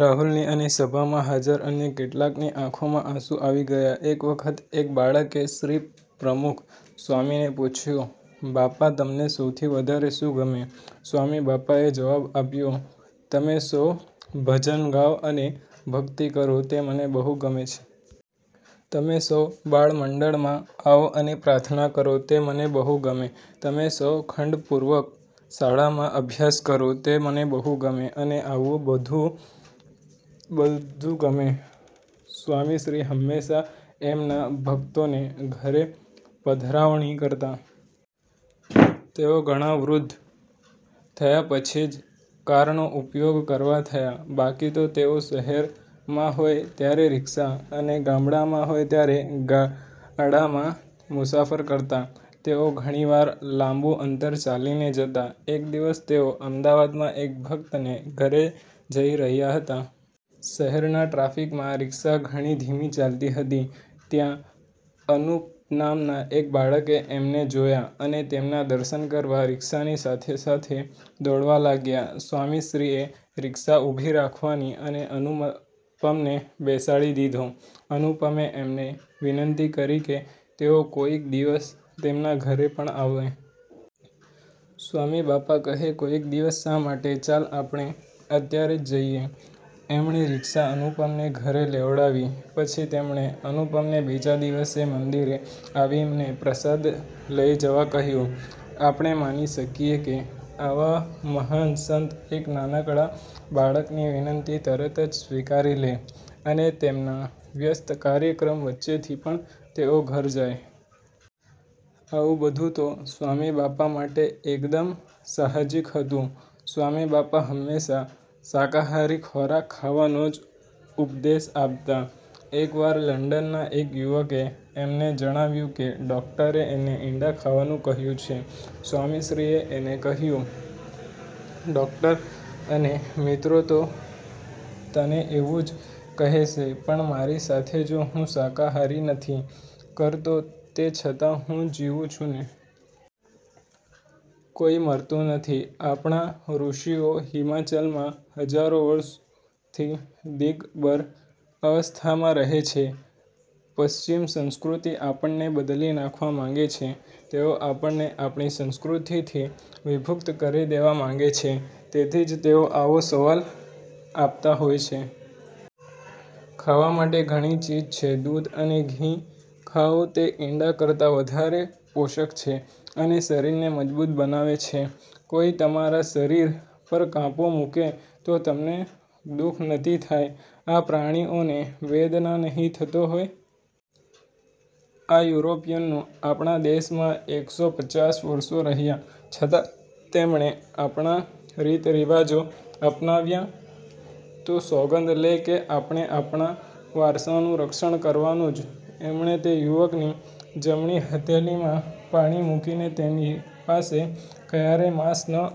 રાહુલની અને સભામાં હાજર અન્ય કેટલાયની આંખોમાં આંસુ આવી ગયા. એક વખત એક બાળકે શ્રી. પ્રમુખ સ્વામીને પૂછ્યું, "બાપા, તમને સૌથી વધારે શું ગમે? સ્વામી બાપાએ જવાબ આપ્યો,"તમે સૌ ભજન ગાવ અને ભક્તિ કરો, તે મને બહુ ગમે. તમે સૌ બાળમંડળમાં આવો અને પ્રાર્થના કરો, તે મને બહુ ગમે. તમે સૌ ખંતપૂર્વક શાળાનો અભ્યાસ કરો, તે મને બહુ ગમે. મને આવું બધું બહુ જ ગમે." સ્વામીશ્રી હંમેશા એમના ભક્તોને ઘરે પધરામણી કરતા. તેઓ ઘણા વૃદ્ધ થયા પછી જ કારનો ઉપયોગ કરતા થયા. બાકી તો તેઓ શહેરમાં હોય ત્યારે રીક્ષા, અને ગામડામાં હોય ત્યારે ગાડામાં જ મુસાફરી કરતા. તેઓ ઘણી વાર લાબું અંતર ચાલીને જતા. એક દિવસ તેઓ અમદાવાદમાં એક ભક્તને ઘરે જઈ રહ્યા હતા. શહેરના ટ્રાફિકમાં રીક્ષા ઘણી ધીમી ચાલતી હતી. ત્યાં અનુપ નામના એક બાળકે એમને જોયા અને તેમના દર્શન કરવા રીક્ષાની સાથે-સાથે દોડવા લાગ્યો. સ્વામીશ્રીએ રીક્ષા ઉભી રખાવી અને અનુપને બેસાડી દીધો. અનુપે એમને વિનંતી કરી કે તેઓ કોઈક દિવસ તેના ઘરે પણ આવે. સ્વામીબાપા કહે, "કોઈક દિવસ શા માટે? ચાલ, આપણે અત્યારે જ જઇએ!" એમણે રીક્ષા અનુપના ઘરે લેવડાવી. પછી એમણે અનુપને બીજે દિવસે મંદિરે આવીને પ્રસાદ લઇ જવા કહ્યું. આપણે માની શકીએ કે આવા મહાન સંત એક નાનકડા બાળકની વિનંતી તરત જ સ્વીકારી લે, અને એમના વ્યસ્ત કાર્યક્રમ વચ્ચેથી પણ તેના ઘરે જાય? આવું બધું તો સ્વામીબાપા માટે એકદમ સાહજિક હતું! સ્વામીબાપા હંમેશા શાકાહારી ખોરાક ખાવાનો જ ઉપદેશ આપતા. એક વાર લંડનના એક યુવકે એમને જણાવ્યું કે ડોક્ટરે એને ઈંડાં ખાવાનું કહ્યું છે. સ્વામીશ્રીએ એને કહ્યું, "ડોકટર અને મિત્રો તો તને એવું જ કહેશે, પણ મારી સામે જો, હું માંસાહાર નથી કરતો તેમ છતાં હું જીવું છું ને? કોઈ મરતું નથી. આપણા ઋષિઓ હિમાલયમાં હજારો વર્ષોથી દિગંબર અવસ્થામાં રહે છે. પશ્ચિમ સંસ્કૃતિ આપણને બદલી નાખવા માંગે છે. તેઓ આપણને આપણી સંસ્કૃતિથી વિમુખ કરી દેવા માંગે છે. તેથી જ તેઓ આવી સલાહ આપતા હોય છે. ખાવા માટે ઘણી ચીજ છે. દૂધ અને ઘી ખાઓ, તે ઈંડાં કરતાં વધારે પૌષ્ટિક છે, અને શરીરને મજબૂત બનાવે છે. કોઈ તમારા શરીર પર કાપો મૂકે તો તમને દુઃખ નહીં થાય? આ પ્રાણીઓને વેદના નહીં થતી હોય? આ યુરોપિયનો આપણા દેશમાં એકસો પચાસ વર્ષ રહ્યા, છતાં એમણે આપણા રીત રિવાજ અપનાવ્યા? તો સોગંદ લે કે આપણે આપણા વારસાનું રક્ષણ કરવાનું જ, એમણે તે યુવકની જમણી હથેળીમાં પાણી મૂકી તેની પાસે ક્યારેય માંસાહાર ન